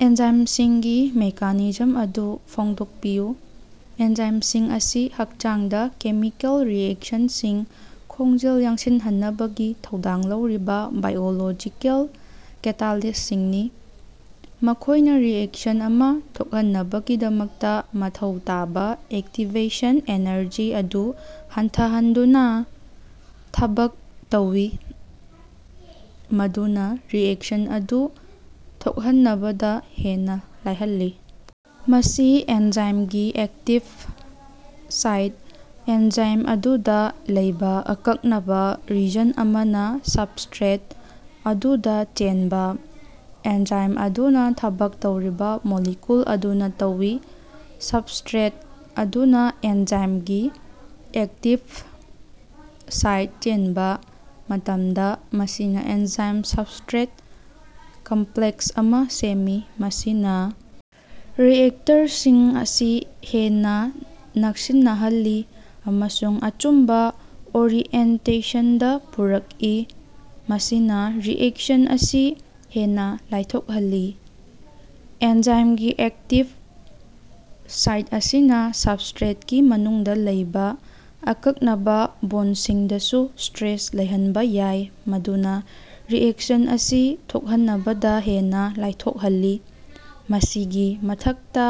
ꯑꯦꯟꯖꯥꯏꯝꯁꯤꯡꯒꯤ mechanism ꯑꯗꯨ ꯐꯣꯡꯗꯣꯛꯄꯤꯌꯨ꯫ ꯑꯦꯟꯖꯥꯏꯝꯁꯤꯡ ꯑꯁꯤ ꯍꯛꯆꯥꯡꯗ ꯀꯦꯃꯤꯀꯦꯜ ꯔꯤꯑꯦꯛꯁꯟꯁꯤꯡ ꯈꯣꯡꯖꯦꯜ ꯌꯥꯡꯁꯤꯟꯍꯟꯅꯕꯒꯤ ꯊꯧꯗꯥꯡ ꯂꯧꯔꯤꯕꯥ ꯕꯥꯏꯑꯣꯂꯣꯖꯤꯀꯦꯜ ꯀꯦꯇꯥꯂꯤꯁꯁꯤꯡꯅꯤ꯫ ꯃꯈꯣꯏꯅ ꯔꯤꯑꯦꯛꯁꯟ ꯑꯃ ꯊꯣꯛꯍꯟꯅꯕꯒꯤꯗꯃꯛꯇ ꯃꯊꯧ ꯇꯥꯕ ꯑꯦꯛꯇꯤꯚꯦꯁꯟ ꯑꯦꯅꯔꯖꯤ ꯑꯗꯨ ꯍꯟꯊꯍꯟꯗꯨꯅꯥ ꯊꯕꯛ ꯇꯧꯏ, ꯃꯗꯨꯅ ꯔꯤꯑꯦꯛꯁꯟ ꯑꯗꯨ ꯊꯣꯛꯍꯟꯅꯕꯗꯥ ꯍꯦꯟꯅ ꯂꯥꯏꯍꯜꯂꯤ꯫ ꯃꯁꯤ ꯑꯦꯟꯖꯥꯏꯝꯒꯤ ꯑꯦꯛꯇꯤꯚ ꯁꯥꯏꯠ, ꯑꯦꯅꯖꯥꯏꯝ ꯑꯗꯨꯗ ꯂꯩꯕ ꯑꯀꯛꯅꯕꯥ ꯔꯤꯖꯟ ꯑꯃꯅ ꯁꯕꯁꯇ꯭ꯔꯦꯠ ꯑꯗꯨꯗ ꯆꯦꯟꯕ, ꯑꯦꯟꯖꯥꯏꯝ ꯑꯗꯨꯅ ꯊꯕꯛ ꯇꯧꯔꯤꯕ ꯃꯣꯂꯤꯀꯨꯜ ꯑꯗꯨꯅ ꯇꯧꯏ꯫ ꯁꯕꯁꯇ꯭ꯔꯦꯠ ꯑꯗꯨꯅ ꯑꯦꯟꯖꯥꯏꯝꯒꯤ ꯑꯦꯛꯇꯤꯕ ꯁꯥꯏꯠꯇ ꯆꯦꯟꯕ ꯃꯇꯝꯗ, ꯃꯁꯤꯅ ꯑꯦꯟꯖꯥꯏꯝ-ꯁꯕꯁꯇ꯭ꯔꯦꯠ ꯀꯝꯄ꯭ꯂꯦꯛꯁ ꯑꯃ ꯁꯦꯝꯃꯤ꯫ ꯃꯁꯤꯅ ꯔꯤꯑꯦꯛꯇꯔꯁꯤꯡ ꯑꯁꯤ ꯍꯦꯟꯅ ꯅꯛꯁꯤꯟꯅꯍꯜꯂꯤ ꯑꯃꯁꯨꯡ ꯑꯆꯨꯝꯕ ꯑꯣꯔꯤꯑꯦꯟꯇꯦꯁꯟꯗꯥ ꯄꯨꯔꯛꯏ, ꯃꯁꯤꯅ ꯔꯤꯑꯦꯛꯁꯟ ꯑꯁꯤ ꯍꯦꯟꯅ ꯂꯥꯏꯊꯣꯛꯍꯜꯂꯤ꯫ ꯑꯦꯟꯖꯥꯏꯝꯒꯤ ꯑꯦꯛꯇꯤꯕ ꯁꯥꯏꯠ ꯑꯁꯤꯅ ꯁꯕꯁꯇ꯭ꯔꯦꯠꯀꯤ ꯃꯅꯨꯡꯗ ꯂꯩꯕ ꯑꯀꯛꯅꯕ ꯕꯣꯟꯁꯤꯡꯗꯁꯨ ꯁꯇ꯭ꯔꯦꯁ ꯂꯩꯍꯟꯕꯥ ꯌꯥꯏ, ꯃꯗꯨꯅ ꯔꯤꯑꯦꯛꯁꯟ ꯑꯁꯤ ꯊꯣꯛꯍꯟꯅꯕꯗ ꯍꯦꯟꯅ ꯂꯥꯏꯊꯣꯛꯍꯜꯂꯤ꯫ ꯃꯁꯤꯒꯤ ꯃꯊꯛꯇ,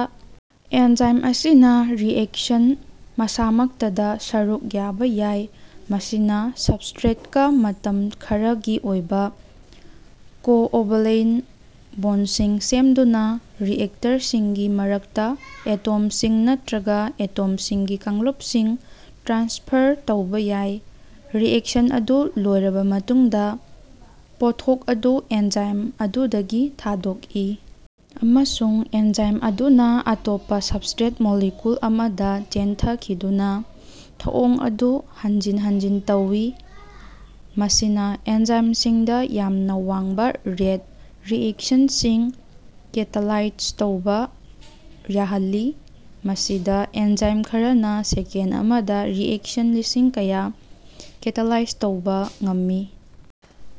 ꯑꯦꯟꯖꯥꯏꯝ ꯑꯁꯤꯅ ꯔꯤꯑꯦꯛꯁꯟ ꯃꯁꯥꯃꯛꯇꯗ ꯁꯔꯨꯛ ꯌꯥꯕ ꯌꯥꯏ, ꯃꯁꯤꯅ ꯁꯕꯁꯇ꯭ꯔꯦꯠꯀꯥ ꯃꯇꯝ ꯈꯔꯒꯤ ꯑꯣꯏꯕ ꯀꯣꯑꯣꯚꯦꯂꯦꯟ ꯕꯣꯟꯁꯤꯡ ꯁꯦꯝꯗꯨꯅ ꯔꯤꯑꯦꯛꯇꯔꯁꯤꯡꯒꯤ ꯃꯔꯛꯇ ꯑꯦꯇꯣꯝꯁꯤꯡ ꯅꯠꯇ꯭ꯔꯒ ꯑꯦꯇꯣꯝꯁꯤꯡꯒꯤ ꯀꯥꯡꯂꯨꯞꯁꯤꯡ ꯇ꯭ꯔꯥꯟꯁꯐꯔ ꯇꯧꯕ ꯌꯥꯏ꯫ ꯔꯤꯑꯦꯛꯁꯟ ꯑꯗꯨ ꯂꯣꯏꯔꯕ ꯃꯇꯨꯡꯗ, ꯄꯣꯠꯊꯣꯛ ꯑꯗꯨ ꯑꯦꯟꯖꯥꯏꯝ ꯑꯗꯨꯗꯒꯤ ꯊꯥꯗꯣꯛꯏ, ꯑꯃꯁꯨꯡ ꯑꯦꯟꯖꯥꯏꯝ ꯑꯗꯨꯅ ꯑꯇꯣꯞꯄ ꯁꯕꯁꯇ꯭ꯔꯦꯠ ꯃꯣꯂꯤꯀꯨꯜ ꯑꯃꯗ ꯆꯦꯟꯊꯈꯤꯗꯨꯅꯥ ꯊꯧꯑꯣꯡ ꯑꯗꯨ ꯍꯟꯖꯤꯟ ꯍꯟꯖꯤꯟ ꯇꯧꯏ꯫ ꯃꯁꯤꯅ ꯑꯦꯟꯖꯥꯏꯝꯁꯤꯡꯗ ꯌꯥꯝꯅ ꯋꯥꯡꯕ ꯔꯦꯠ ꯔꯤꯑꯦꯛꯁꯟꯁꯤꯡ ꯀꯦꯇꯥꯂꯥꯏꯖ ꯇꯧꯕ ꯌꯥꯍꯜꯂꯤ, ꯃꯁꯤꯗ ꯑꯦꯟꯖꯥꯏꯝ ꯈꯔꯅ ꯁꯦꯀꯦꯟ ꯑꯃꯗ ꯔꯤꯑꯦꯛꯁꯟ ꯂꯤꯁꯤꯡ ꯀꯌꯥ ꯀꯦꯇꯥꯂꯥꯏꯖ ꯇꯧꯕ ꯉꯝꯃꯤ꯫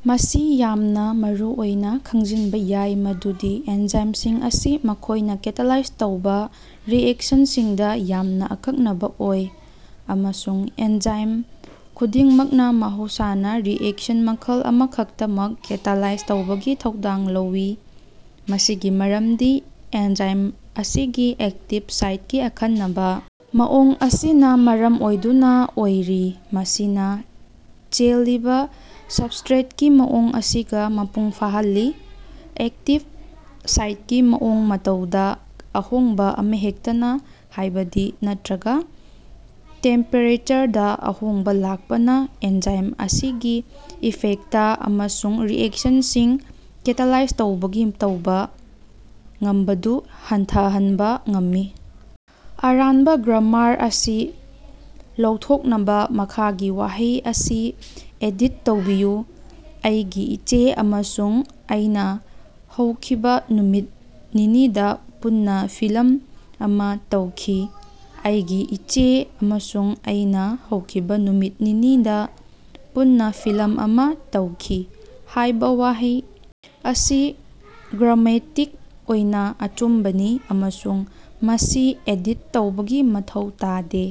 ꯃꯁꯤ ꯌꯥꯝꯅ ꯃꯔꯨꯑꯣꯏꯅ ꯈꯪꯖꯤꯟꯕ ꯌꯥꯏ ꯃꯗꯨꯗꯤ ꯑꯦꯟꯖꯥꯏꯝꯁꯤꯡ ꯑꯁꯤ ꯃꯈꯣꯏꯅ ꯀꯦꯇꯥꯂꯥꯏꯖ ꯇꯧꯕ ꯔꯤꯑꯦꯛꯁꯟꯁꯤꯡꯗ ꯌꯥꯝꯅ ꯑꯀꯛꯅꯕ ꯑꯣꯏ, ꯑꯃꯁꯨꯡ ꯑꯦꯟꯖꯥꯏꯝ ꯈꯨꯗꯤꯡꯃꯛꯅ ꯃꯍꯧꯁꯥꯅ ꯔꯤꯑꯦꯛꯁꯟ ꯃꯈꯜ ꯑꯃꯈꯛꯇꯃꯛ ꯀꯦꯇꯥꯂꯥꯏꯖ ꯇꯧꯕꯒꯤ ꯊꯧꯗꯥꯡ ꯂꯧꯏ꯫ ꯃꯁꯤꯒꯤ ꯃꯔꯝꯗꯤ ꯑꯦꯟꯖꯥꯏꯝ ꯑꯁꯤꯒꯤ ꯑꯦꯛꯇꯤꯕ ꯁꯥꯏꯠꯀꯤ ꯑꯈꯟꯅꯕ ꯃꯑꯣꯡ ꯑꯁꯤꯅ ꯃꯔꯝ ꯑꯣꯏꯗꯨꯅ ꯑꯣꯏꯔꯤ, ꯃꯁꯤꯅ ꯆꯦꯜꯂꯤꯕ ꯁꯕꯁꯇ꯭ꯔꯦꯠꯀꯤ ꯃꯑꯣꯡ ꯑꯁꯤꯒ ꯃꯄꯨꯡ ꯐꯥꯍꯜꯂꯤ꯫ ꯑꯦꯛꯇꯤꯚ ꯁꯥꯏꯠꯀꯤ ꯃꯑꯣꯡ-ꯃꯇꯧꯗ ꯑꯍꯣꯡꯕ ꯑꯃꯍꯦꯛꯇꯅ, ꯍꯥꯢꯕꯗꯤ ꯅꯠꯇ꯭ꯔꯒ ꯇꯦꯝꯄꯦꯔꯦꯆꯔꯗꯥ ꯑꯍꯣꯡꯕ ꯂꯥꯛꯄꯅ, ꯑꯦꯟꯖꯥꯏꯝ ꯑꯁꯤꯒꯤ ꯏꯐꯦꯛꯇ ꯑꯃꯁꯨꯡ ꯔꯤꯑꯦꯛꯁꯟꯁꯤꯡ ꯀꯦꯇꯥꯂꯥꯏꯖ ꯇꯧꯕꯒꯤ ꯇꯧꯕ ꯉꯝꯕꯗꯨ ꯍꯟꯊꯍꯟꯕꯥ ꯉꯝꯃꯤ꯫ ꯑꯔꯥꯟꯕ ꯒ꯭ꯔꯥꯃꯥꯔ ꯑꯁꯤ ꯂꯧꯊꯣꯛꯅꯕꯥ ꯃꯈꯥꯒꯤ ꯋꯥꯍꯩ ꯑꯁꯤ ꯑꯦꯗꯤꯠ ꯇꯧꯕꯤꯌꯨ: "ꯑꯩꯒꯤ ꯏꯆꯦ ꯑꯃꯁꯨꯡ ꯑꯩꯅ ꯍꯧꯈꯤꯕ ꯅꯨꯃꯤꯠ ꯅꯤꯅꯤꯗ ꯄꯨꯟꯅ ꯐꯤꯂꯝ ꯑꯃ ꯇꯧꯈꯤ꯫ "ꯑꯩꯒꯤ ꯏꯆꯦ ꯑꯃꯁꯨꯡ ꯑꯩꯅꯥ ꯍꯧꯈꯤꯕ ꯅꯨꯃꯤꯠ ꯅꯤꯅꯤꯗ ꯄꯨꯟꯅ ꯐꯤꯂꯝ ꯑꯃ ꯇꯧꯈꯤ" ꯍꯥꯏꯕ ꯋꯥꯍꯩ ꯑꯁꯤ ꯒ꯭ꯔꯥꯃꯦꯇꯤꯛ ꯑꯣꯏꯅ ꯑꯆꯨꯝꯕꯅꯤ ꯑꯃꯁꯨꯡ ꯃꯁꯤ ꯑꯦꯗꯤꯠ ꯇꯧꯕꯒꯤ ꯃꯊꯧ ꯇꯥꯗꯦ꯫